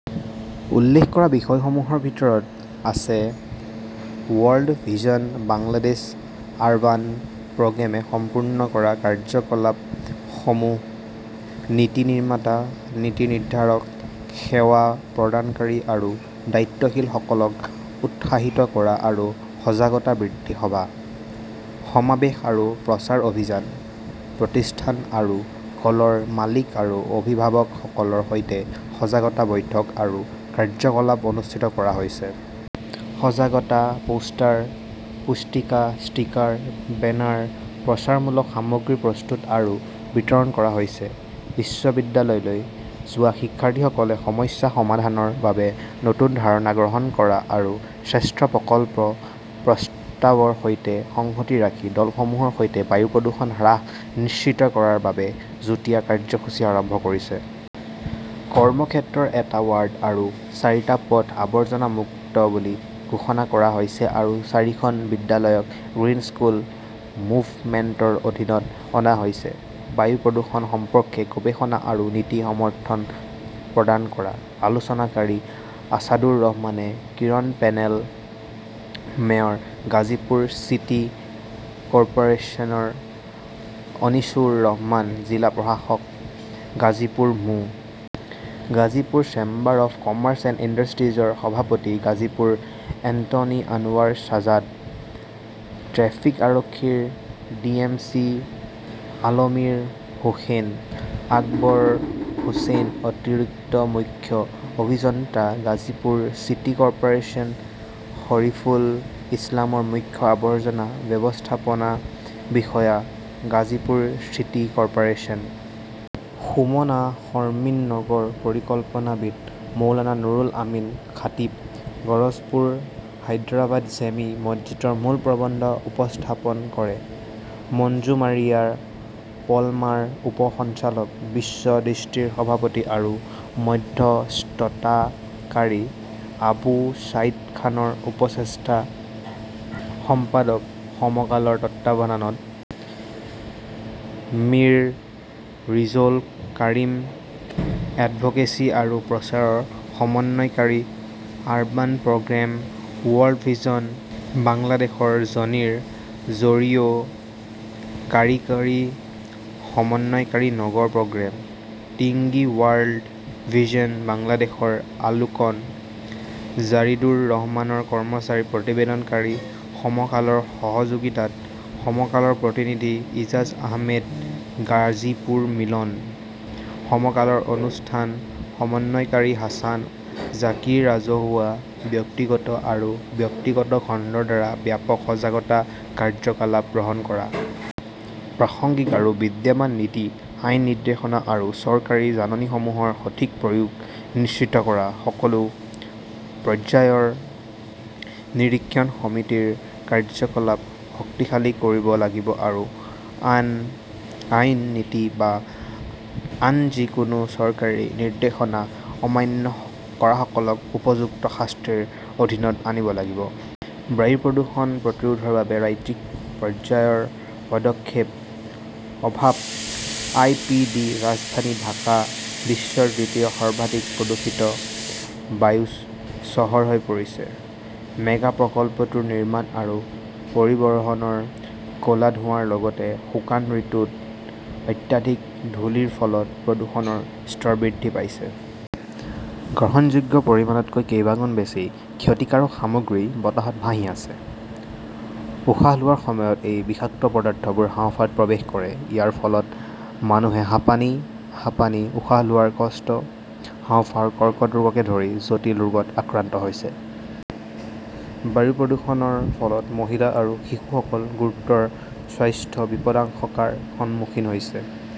উল্লেখ কৰা বিষয়সমূহৰ ভিতৰত আছে ৱৰ্ল্ড ভিজন বাংলাদেশ আৰবান প্ৰগ্ৰামে সম্পূৰ্ণ কৰা কাৰ্যকলাপসমূহ-নীতি নিৰ্মাতা, নীতি নিৰ্ধাৰক, সেৱা প্ৰদানকাৰী আৰু দায়িত্বশীলসকলক উৎসাহিত কৰা আৰু সজাগতা বৃদ্ধি সভা, সমাৱেশ আৰু প্ৰচাৰ অভিযান। প্ৰতিষ্ঠান আৰু কলৰ মালিক আৰু অভিভাৱকসকলৰ সৈতে সজাগতা বৈঠক আৰু কাৰ্যকলাপ অনুষ্ঠিত কৰা হৈছে। সজাগতা পোষ্টাৰ, পুস্তিকা, ষ্টিকাৰ, বেনাৰ, প্ৰচাৰমূলক সামগ্ৰী প্ৰস্তুত আৰু বিতৰণ কৰা হৈছে। বিশ্ববিদ্যালয়লৈ যোৱা শিক্ষাৰ্থীসকলে সমস্যা সমাধানৰ বাবে নতুন ধাৰণা গ্ৰহণ কৰা আৰু শ্ৰেষ্ঠ প্ৰকল্প প্ৰস্তাৱৰ সৈতে সংগতি ৰাখি দলসমূহৰ সৈতে বায়ু প্ৰদূষণ হ্ৰাস নিশ্চিত কৰাৰ বাবে যুটীয়া কাৰ্যসূচী আৰম্ভ কৰিছে। কৰ্মক্ষেত্ৰৰ এটা ৱাৰ্ড আৰু চাৰিটা পথ আবৰ্জনা-মুক্ত বুলি ঘোষণা কৰা হৈছে আৰু চাৰিখন বিদ্যালয়ক গ্ৰীণ স্কুল মুভমেণ্টৰ অধীনত অনা হৈছে। বায়ু প্ৰদূষণ সম্পৰ্কে গৱেষণা আৰু নীতি সমৰ্থন প্ৰদান কৰা। আলোচনাকাৰী আছাদুৰ ৰহমানে Kiran panel mayor Gazipur city কৰ্পোৰেচনৰ অনিছুৰ ৰহমান, জিলা প্ৰশাসক, গাজীপুৰ মো. Gazipur chamber of commerce and ইণ্ডাষ্ট্ৰীজৰ সভাপতি গাজীপুৰ এনটৰ্নী আনৱাৰ ছাদাত, ট্ৰেফিক আৰক্ষীৰ ডিএমচি আলমিৰ হোসেন। আকবৰ হুছেইন অতিৰিক্ত মুখ্য অভিযন্তা গাজীপুৰ চিটি কৰ্পোৰেচন শৰিফুল ইছলামৰ মুখ্য আৱৰ্জনা ব্যৱস্থাপনা বিষয়া গাজীপুৰ চিটি কৰ্পোৰেচন সুমনা শৰ্মিন নগৰ পৰিকল্পনাবিদ মৌলানা নুৰুল আমিন খাটিব গৰজপুৰ হায়দৰাবাদ জেমি মছজিদৰ মূল প্ৰবন্ধ উপস্থাপন কৰে মঞ্জু মাৰিয়া পলমাৰ উপ সঞ্চালক, বিশ্ব দৃষ্টিৰ সভাপতি আৰু মধ্যস্থতাকাৰী আবু ছাইদ খানৰ উপচেষ্টা সম্পাদক সমকালৰ তত্বাৱধানত মিৰ ৰিজৌল কাৰিম এডভোকেচি আৰু প্ৰচাৰৰ সমন্বয়কাৰী, আৰবান প্ৰগ্ৰাম ৱৰ্ল্ড ভিজন বাংলাদেশৰ জনি ৰ 'জৰিঅ' কাৰিকৰী সমন্বয়কাৰী নগৰ প্ৰগ্ৰাম, টিংগী ৱৰ্ল্ড ভিজন বাংলাদেশৰ আলোকন জাৰিদুৰ ৰহমানৰ কৰ্মচাৰী প্ৰতিবেদনকাৰী, সমকালৰ সহযোগিতাত সমকালৰ প্ৰতিনিধি ইজাজ আহমেদ গাজীপুৰ মিলন, সমকালৰ অনুষ্ঠান সমন্বয়কাৰী হাছান জাকিৰ ৰাজহুৱা, ব্যক্তিগত আৰু ব্যক্তিগত খণ্ডৰ দ্বাৰা ব্যাপক সজাগতা কাৰ্যকালাপ গ্ৰহণ কৰা। প্ৰাসংগিক আৰু বিদ্যমান নীতি, আইন, নিৰ্দেশনা আৰু চৰকাৰী জাননীসমূহৰ সঠিক প্ৰয়োগ নিশ্চিত কৰা। সকলো পৰ্যায়ৰ নিৰীক্ষণ সমিতিৰ কাৰ্য্যকলাপ শক্তিশালী কৰিব লাগিব আৰু আন আইন, নীতি বা আন যিকোনো চৰকাৰী নিৰ্দেশনা অমান্য কৰাসকলক উপযুক্ত শাস্তিৰ অধীনত আনিব লাগিব। বায়ু প্ৰদূষণ প্ৰতিৰোধৰ বাবে ৰাজ্যিক পৰ্যায়ৰ পদক্ষেপৰ অভাৱ আই পি ডি ৰাজধানী ঢাকা বিশ্বৰ দ্বিতীয় সৰ্বাধিক প্ৰদূষিত বায়ু চহৰ হৈ পৰিছে। মেগা প্ৰকল্পটোৰ নিৰ্মাণ আৰু পৰিবহণৰ ক’লা ধোঁৱাৰ লগতে শুকান ঋতুত অত্যাধিক ধূলিৰ ফলত প্ৰদূষণৰ স্তৰ বৃদ্ধি পাইছে। গ্ৰহণযোগ্য পৰিমাণতকৈ কেইবাগুণ বেছি ক্ষতিকাৰক সামগ্ৰী বতাহত ভাহি আছে। উশাহ লোৱাৰ সময়ত এই বিষাক্ত পদাৰ্থবোৰ হাঁওফাঁওত প্ৰৱেশ কৰে। ইয়াৰ ফলত মানুহে হাঁপানি, হাঁপানি, উশাহ লোৱাৰ কষ্ট, হাঁওফাঁওৰ কৰ্কট ৰোগকে ধৰি জটিল ৰোগত আক্ৰান্ত হৈছে। বায়ু প্ৰদূষণৰ ফলত মহিলা আৰু শিশুসকল গুৰুতৰ স্বাস্থ্য বিপদাশকাৰ সন্মুখীন হৈছে।